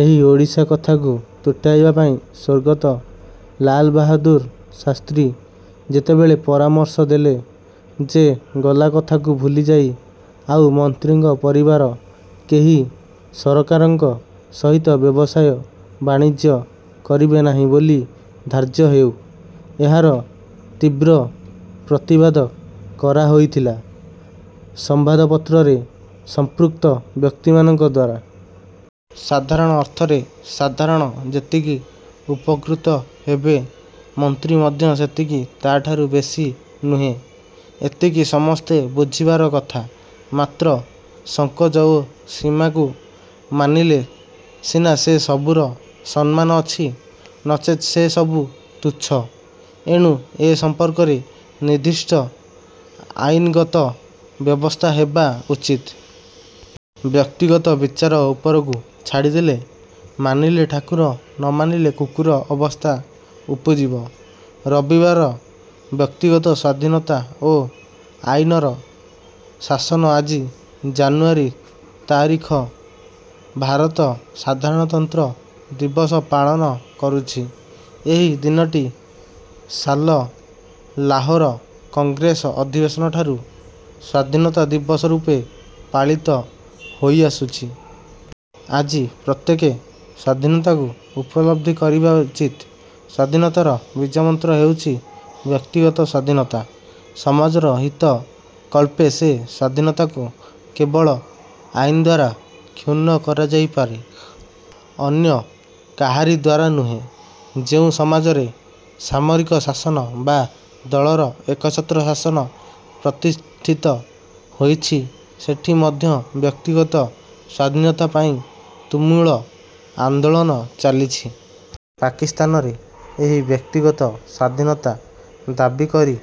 ଏହି ଓଡ଼ିଶା କଥାକୁ ତୁଟାଇବା ପାଇଁ ସ୍ୱର୍ଗତ ଲାଲବାହାଦୂର ଶାସ୍ତ୍ରୀ ଯେତେବେଳେ ପରାମର୍ଶ ଦେଲେ ଯେ ଗଲାକଥାକୁ ଭୁଲିଯାଇ ଆଉ ମନ୍ତ୍ରୀଙ୍କ ପରିବାର କେହି ସରକାରଙ୍କ ସହିତ ବ୍ୟବସାୟ ବାଣିଜ୍ୟ କରିବେ ନାହିଁ ବୋଲି ଧାର୍ଯ୍ୟ ହେଉ। ଏହାର ତୀବ୍ର ପ୍ରତିବାଦ କରାହୋଇଥିଲା ସମ୍ବାଦପତ୍ରରେ ସଂପୃକ୍ତ ବ୍ୟକ୍ତିମାନଙ୍କ ଦ୍ୱାରା। ସାଧାରଣ ଅର୍ଥରେ ସାଧାରଣ ଯେତିକି ଉପକୃତ ହେବେ ମନ୍ତ୍ରୀ ମଧ୍ୟ ସେତିକି; ତା'ଠାରୁ ବେଶି ନୁହେଁ। ଏତିକି ସମସ୍ତେ ବୁଝିବାର କଥା। ମାତ୍ର ସଂକୋଚ ଓ ସୀମାକୁ ମାନିଲେ ସିନା ସେ ସବୁର ସମ୍ମାନ ଅଛି। ନଚେତ୍ ସେ ସବୁ ତୁଚ୍ଛ। ଏଣୁ ଏ ସମ୍ପର୍କରେ ନିର୍ଦ୍ଦିଷ୍ଟ ଆଇନଗତ ବ୍ୟବସ୍ଥା ହେବା ଉଚିତ। ବ୍ୟକ୍ତିଗତ ବିଚାର ଉପରକୁ ଛାଡ଼ିଦେଲେ ''ମାନିଲେ ଠାକୁର ନ ମାନିଲେ କୁକୁର'' ଅବସ୍ଥା ଉପୁଜିବ। ରବିବାର ବ୍ୟକ୍ତିଗତ ସ୍ୱାଧୀନତା ଓ ଆଇନର ଶାସନ ଆଜି ଜାନୁଆରୀ ତା ରିଖ ଭାରତ ସାଧାରଣତନ୍ତ୍ର ଦିବସ ପାଳନ କରୁଛି। ଏହି ଦିନଟି ସାଲ ଲାହୋର କଂଗ୍ରେସ ଅଧିବେଶନଠାରୁ ସ୍ୱାଧୀନତା ଦିବସରୂପେ ପାଳିତ ହୋଇ ଆସୁଛି। ଆଜି ପ୍ରତ୍ୟେକେ ସ୍ୱାଧୀନତାକୁ ଉପଲବ୍ଧି କରିବା ଉଚିତ। ସ୍ୱାଧୀନତାର ବୀଜମନ୍ତ୍ର ହେଉଛି ବ୍ୟକ୍ତିଗତ ସ୍ୱାଧୀନତା। ସମାଜର ହିତ କଳ୍ପେ ସେ ସ୍ୱାଧୀନତାକୁ କେବଳ ଆଇନଦ୍ୱାରା। କ୍ଷୁଣ୍ଣ କରାଯାଇପାରେ, ଅନ୍ୟ କାହାରି ଦ୍ୱାରା ନୁହେଁ। ଯେଉଁ ସମାଜରେ ସାମରିକ ଶାସନ ବା ଦଳର ଏକଛତ୍ର ଶାସନ ପ୍ରତିଷ୍ଠିତ ହୋଇଛି ସେଠି ମଧ୍ୟ ବ୍ୟକ୍ତିଗତ ସ୍ୱାଧୀନତା ପାଇଁ ତୁମୁଳ ଆନ୍ଦୋଳନ ଚାଲିଛି। ପାକିସ୍ତାନରେ ଏହି ବ୍ୟକ୍ତିଗତ ସ୍ୱାଧୀନତା ଦାବିକରି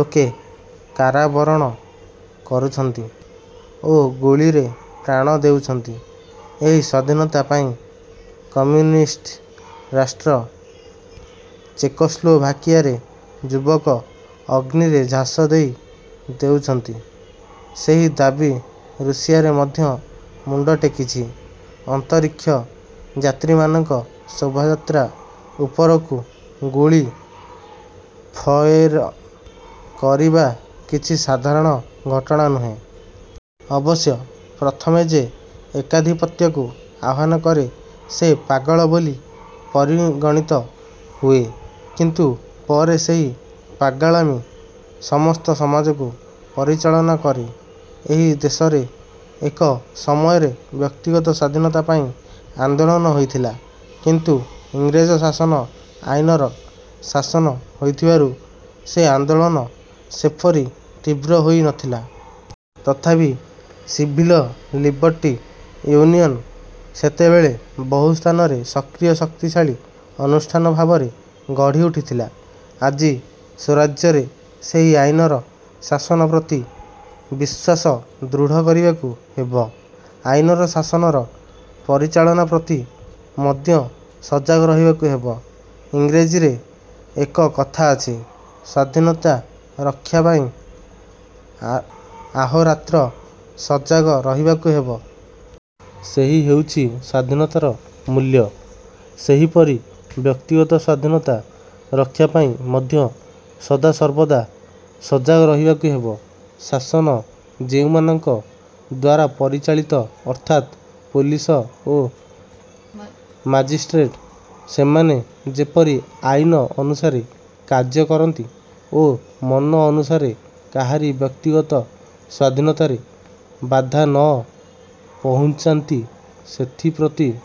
ଲୋକେ କାରାବରଣ କରୁଛନ୍ତି ଓ ଗୁଳିରେ ପ୍ରାଣ ଦେଉଛନ୍ତି। ଏହି ସ୍ୱାଧୀନତା ପାଇଁ କମ୍ୟୁନିଷ୍ଟ ରାଷ୍ଟ୍ର ଚେକୋସ୍ଲୋଭାକିଆରେ ଯୁବକ ଅଗ୍ନିରେ ଝାସ ଦେଇ ଦେଉଛି। ସେହି ଦାବି ରୁଷିଆରେ ମଧ୍ୟ ମୁଣ୍ଡ ଟେକିଛି। ଅନ୍ତରୀକ୍ଷ ଯାତ୍ରୀମାନଙ୍କ ଶୋଭାଯାତ୍ରା ଉପରକୁ ଗୁଳି ଫଏର କରିବା କିଛି ସାଧାରଣ ଘଟଣା ନୁହେଁ। ଅବଶ୍ୟ ପ୍ରଥମେ ଯେ ଏକାଧିପତ୍ୟକୁ ଆହ୍ୱାନ କରେ ସେ ପାଗଳ ବୋଲି ପରିଗଣିତ ହୁଏ; କିନ୍ତୁ ପରେ ସେହି ପାଗଳାମି ସମସ୍ତ ସମାଜକୁ ପରିଚାଳନା କରେ। ଏହି ଦେଶରେ ଏକ ସମୟରେ ବ୍ୟକ୍ତିଗତ ସ୍ୱାଧୀନତା ପାଇଁ ଆନ୍ଦୋଳନ ହୋଇଥିଲା। କିନ୍ତୁ ଇଂରେଜ ଶାସନ ଆଇନର ଶାସନ ହୋଇଥିବାରୁ ସେ ଆନ୍ଦୋଳନ ସେପରି ତୀବ୍ର ହୋଇ ନଥିଲା। ତଥାପି ସିଭିଲ ଲିବର୍ଟି ୟୁନିଅନ ସେତେବେଳେ ବହୁ ସ୍ଥାନରେ ସକ୍ରିୟ ଶକ୍ତିଶାଳୀ ଅନୁଷ୍ଠାନ ଭାବରେ ଗଢ଼ି ଉଠିଥିଲା। ଆଜି ସ୍ୱରାଜ୍ୟରେ ସେହି ଆଇନର ଶାସନ ପ୍ରତି ବିଶ୍ୱାସ ଦୃଢ଼ କରିବାକୁ ହେବ। ଆଇନର ଶାସନର ପରିଚାଳନା ପ୍ରତି ମଦ୍ୟ ସଜାଗ ରହିବାକୁ ହେବ। ଇଂରେଜୀରେ ଏକ କଥା ଅଛି- ସ୍ୱାଧୀନତା ରକ୍ଷାପାଇଁ ଆହୋରାତ୍ର ସଜାଗ ରହିବାକୁ ହେବ। ସେହି ହେଉଛି ସ୍ୱାଧୀନତାର ମୂଲ୍ୟ। ସେହିପରି ବ୍ୟକ୍ତିଗତ ସ୍ୱାଧୀନତା ରକ୍ଷା ପାଇଁ ମଧ୍ୟ ସଦାସର୍ବଦା ସଜାଗ ରହିବାକୁ ହେବ। ଶାସନ ଯେଉଁମାନଙ୍କ ଦ୍ୱାରା ପରିଚାଳିତ ଅର୍ଥାତ୍ ପୋଲିସ ଓ ମାଜିଷ୍ଟ୍ରେଟ ସେମାନେ ଯେପରି ଆଇନ ଅନୁସାରେ କାର୍ଯ୍ୟ କରନ୍ତି ଓ ମନ ଅନୁସାରେ କାହାରି ବ୍ୟକ୍ତିଗତ ସ୍ୱାଧୀନତାରେ ବାଧା ନ ପହୁଞ୍ଚାନ୍ତି ସେଥିପ୍ରତି